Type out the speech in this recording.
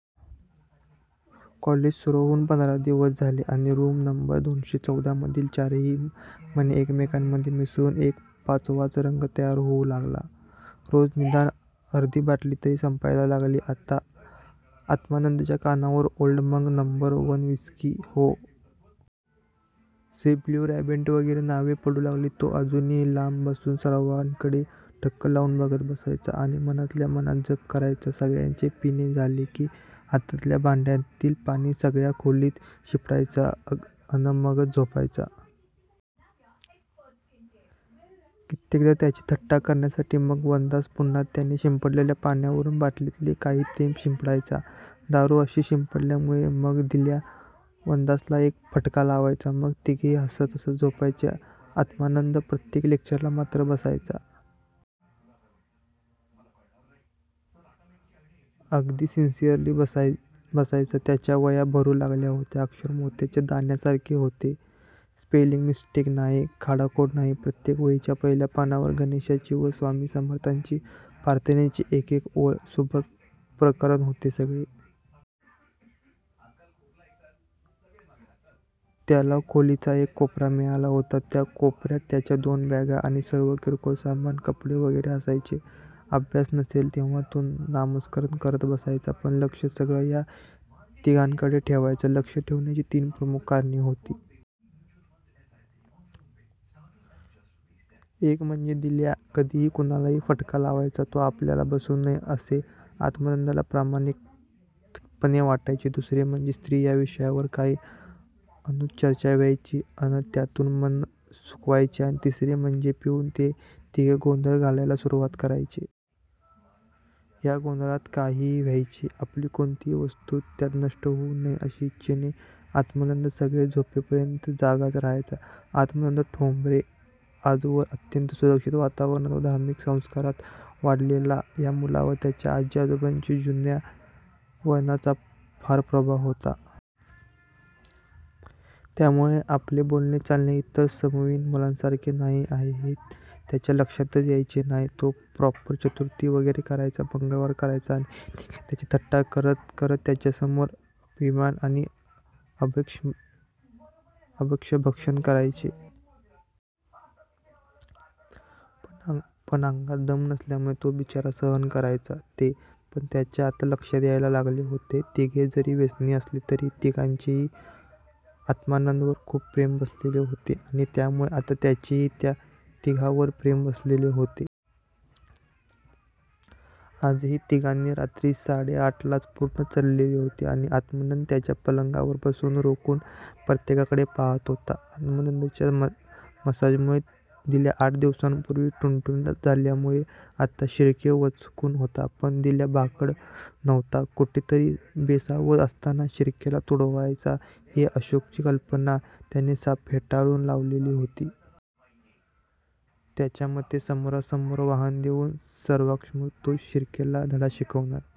College सुरू होऊन पंधरा दिवस झाले आणि रूम नंबर दोनशे चौदा मधील चारही मने एकमेकांमधे मिसळून एक पाचवाच रंग तयार होऊ लागला. रोज निदान अर्धी बाटली तरी संपायला लागली. आता आत्मानंदच्या कानावर Old Monk, number one whisky, O. C., Blue Riband वगैरे नावे पडू लागली. तो अजूनही लांब बसून सर्वांकडे टक लावून बघत बसायचा आणि मनातल्या मनात जप करायचा. सगळ्यांचे पिणे झाले की हातातल्या भांड्यातील पाणी सगळ्या खोलीत शिंपडायचा अन मगच झोपायचा. कित्येकदा त्याची थट्टा करण्यासाठी मग वनदास पुन्हा त्याने शिंपडलेल्या पाण्यावरून बाटलीतले काही थेंब शिंपडायचा. दारू अशी शिंपडल्यामुळे मग दिल्या वनदासला एक फटका लावायचा. मग तिघेही हसत हसत झोपायचे. आत्मानंद प्रत्येक लेक्चरला मात्र बसायचा. अगदी सिन्सियरली बसायचा. त्याच्या वह्या भरू लागल्या होत्या. अक्षर मोत्याच्या दाण्यांसारखे होते. स्पेलिंग मिसटेक नाही, खाडाखोड नाही. प्रत्येक वहीच्या पहिल्या पानावर गणेशाची व स्वामी समर्थांची प्रार्थनेची एक एक ओळ! सुबक प्रकरण होते सगळे! त्याला खोलीचा एक कोपरा मिळाला होता. त्या कोपर्यात त्याच्या दोन बॅगा आणि सर्व किरकोळ सामान, कपडे वगैरे असायचे. अभ्यास नसेल, तेव्हा तो नामस्मरण करत बसायचा. पण लक्ष सगळं या तिघांकडे ठेवायचा. लक्ष ठेवण्याची तीन प्रमुख कारणे होती. एक म्हणजे दिल्या कधीही कुणालाही फटका लावायचा. तो आपल्याला बसू नये असे आत्मानंदला प्रामाणिकपणे वाटायचे. दुसरे म्हणजे स्त्री या विषयावर काही अद्भुत चर्चा व्हायची अन त्यातून मन सुखवायचे. आणि तिसरे म्हणजे पिऊन ते तिघे गोंधळ घालायला सुरुवात करायचे. या गोंधळात काहीही व्हायचे. आपली कोणतीही वस्तू त्यात नष्ट होऊ नये अशी इच्छेने आत्मानंद सगळे झोपेपर्यंत जागाच राहायचा. आत्मानंद ठोंबरे! आजवर अत्यंत सुरक्षित वातावरणात व धार्मिक संस्कारात वाढलेल्या या मुलावर त्याच्या आजी आजोबांच्या जुन्या वळणाचा फार प्रभाव होता. त्यामुळे आपले बोलणे चालणे हे इतर समवयीन मुलांसारखे नाही आहे हे त्याच्या लक्षातच यायचे नाही. तो प्रॉपर चतुर्थी वगैरे करायचा. मंगळवार करायचा. आणि हे तिघे त्याची थट्टा करत करत त्याच्यासमोर अपेयपान आणि अभक्ष्यभक्षण करायचे. पण अंगात दम नसल्यामुळे तो बिचारा सहन करायचा ते! पण त्याच्या आता लक्षात यायला लागले होते. तिघे जरी व्यसनी असले तरीही तिघांचेही आत्मानंदवर खूप प्रेम बसलेले होते. आणि त्यामुळे आता त्याचेही त्या तिघांवर प्रेम बसलेले होते. आजही तिघांना रात्री साडे आठलाच पूर्ण चढलेली होती आणि आत्मानंद त्याच्या पलंगावर बसून रोखून प्रत्येकाकडे पाहात होता. आत्मानंदच्या मसाजमुळे दिल्या आठ दिवसांपुर्वीच टुणटुणीत झाल्यामुळे आता शिर्के वचकून होता. पण दिल्या भाकड नव्हता. कुठेतरी बेसावध असताना शिर्केला तुडवायचा ही अशोकची कल्पना त्याने साफ फेटाळून लावलेली होती. त्याच्या मते समोरासमोर वाहन देऊन सर्वांसमक्ष तो शिर्केला धडा शिकवणार